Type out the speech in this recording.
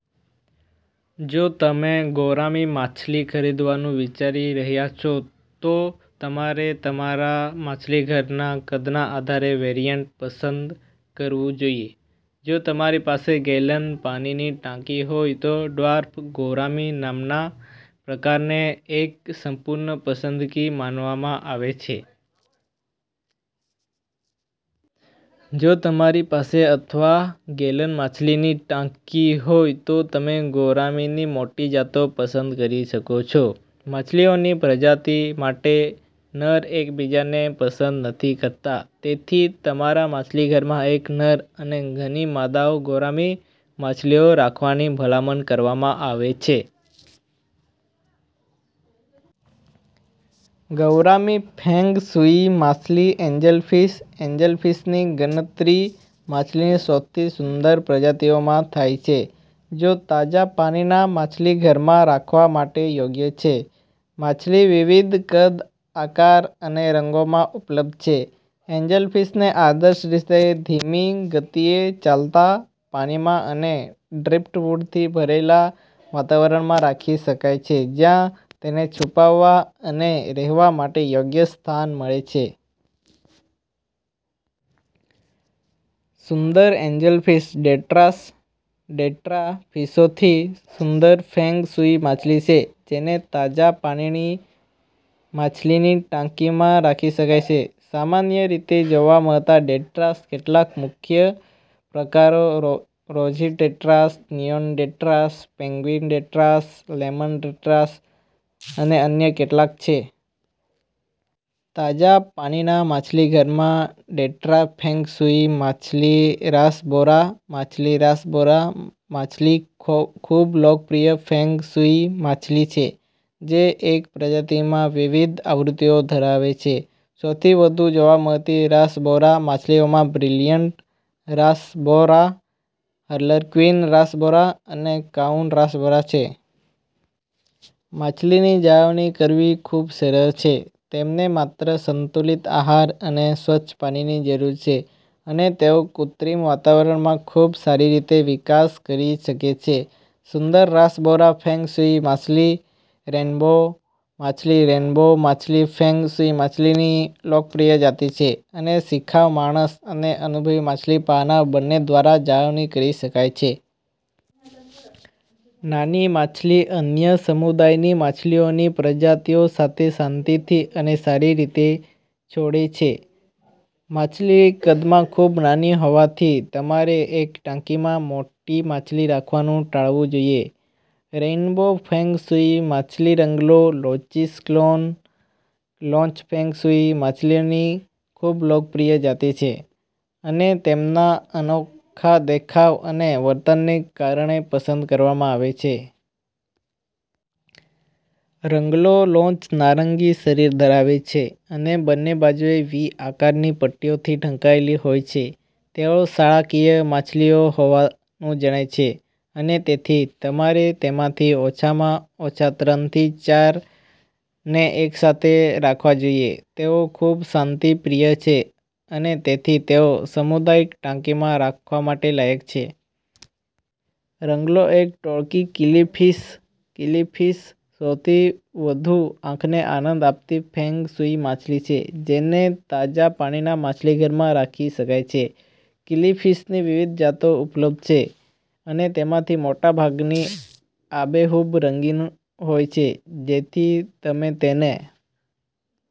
જો તમે ગૌરામી માછલી ખરીદવાનું વિચારી રહ્યા છો, તો તમારે તમારા માછલીઘરના કદના આધારે વેરિઅન્ટ પસંદ કરવું જોઈએ. જો તમારી પાસે -ગેલન પાણીની ટાંકી હોય તો ડ્વાર્ફ ગૌરામી નામના પ્રકારને એક સંપૂર્ણ પસંદગી માનવામાં આવે છે. જો તમારી પાસેઅથવા -ગેલન માછલીની ટાંકી હોય તો તમે ગૌરામીની મોટી જાતો પસંદ કરી શકો છો. માછલીઓનીપ્રજાતિ માટે, નર એકબીજાને પસંદ નથી કરતા, તેથી તમારા માછલીઘરમાં એક નર અને ઘણી માદા ગૌરામી માછલીઓ રાખવાની ભલામણ કરવામાં આવે છે. ગૌરામી ફેંગ શુઇ માછલીએન્જલફિશ એન્જલફિશની ગણતરી માછલીની સૌથી સુંદર પ્રજાતિઓમાં થાય છે જે તાજા પાણીના માછલીઘરમાં રાખવા માટે યોગ્ય છે. માછલી વિવિધ કદ, આકાર અને રંગોમાં ઉપલબ્ધ છે. એન્જલફિશને આદર્શ રીતે ધીમી ગતિએ ચાલતા પાણીમાં અને ડ્રિફ્ટવુડથી ભરેલા વાતાવરણમાં રાખી શકાય છે જ્યાં તેમને છુપાવવા અને રહેવા માટે યોગ્ય સ્થાન મળે છે. સુંદર એન્જલફિશ. ટેટ્રાસ ટેટ્રા ફિશસૌથી સુંદર ફેંગ શુઇ માછલી છે જેને તાજા પાણીની માછલીની ટાંકીમાં રાખી શકાય છે. સામાન્ય રીતે જોવા મળતા ટેટ્રાસના કેટલાક મુખ્ય પ્રકારો rosy tetras, neon tetras, penguin tetras, lemon tetras અને અન્ય કેટલાક છે. તાજા પાણીના માછલીઘરમાં ટેટ્રા ફેંગ શુઇ માછલીરાસબોરા માછલી રાસબોરા માછલીખૂબલોકપ્રિય ફેંગ શુઇ માછલી છે જે એકપ્રજાતિમાં વિવિધ આવૃત્તિઓ ધરાવે છે. સૌથી વધુ જોવા મળતી રાસબોરા માછલીઓમાં બ્રિલિયન્ટ રાસબોરા, હાર્લેક્વિન રાસબોરા અને ક્લાઉન રાસબોરા છે. માછલીની જાળવણી કરવી ખૂબસરળ છે. તેમને માત્ર સંતુલિત આહાર અને સ્વચ્છ પાણીની જરૂર છે અને તેઓ કૃત્રિમ વાતાવરણમાં ખૂબસારી રીતે વિકાસ કરી શકે છે. સુંદર રાસબોરા ફેંગ શુઇ માછલીરેઈન્બો માછલી રેઈન્બો માછલી ફેંગ શુઈ માછલીની લોકપ્રિય જાતિ છે અને શિખાઉ માણસ અને અનુભવી માછલી પાળનારા બંને દ્વારા જાળવણી કરી શકાય છે. નાની માછલી અન્ય સમુદાયની માછલીઓની પ્રજાતિઓ સાથે શાંતિથી અને સારી રીતે છોડે છે. માછલી કદમાં ખૂબ નાની હોવાથી, તમારે એકટાંકીમાં મોટી માછલી રાખવાનું ટાળવું જોઈએ. રેઈન્બો ફેંગ શુઇ માછલીરંગલો લોચીસ ક્લોન લોચફેંગ શુઇ માછલીની ખૂબલોકપ્રિય જાતિ છે અને તેમના અનોખા દેખાવ અને વર્તનને કારણે પસંદ કરવામાં આવે છે. રંગલો લોચ નારંગી શરીર ધરાવે છે અને બંને બાજુએ વી આકારની પટ્ટીઓથી ઢંકાયેલી હોય છે. તેઓ શાળાકીય માછલીઓ હોવાનું જણાય છે, અને તેથી તમારે તેમાંથી ઓછામાં ઓછા ત્રણથી ચારને એકસાથે રાખવા જોઈએ. તેઓ ખૂબશાંતિપ્રિય છે અને તેથી તેઓ સામુદાયિક ટાંકીમાં રાખવા માટે લાયક છે. રંગલો એક ટોળકીકિલીફિશ કિલીફિશસૌથી વધુ આંખને આનંદ આપતી ફેંગ શુઇ માછલી છે જેને તાજા પાણીના માછલીઘરમાં રાખી શકાય છે. કિલીફિશની વિવિધ જાતો ઉપલબ્ધ છે, અને તેમાંથી મોટાભાગની આબેહૂબ રંગીન હોય છે જેથી તમે તેને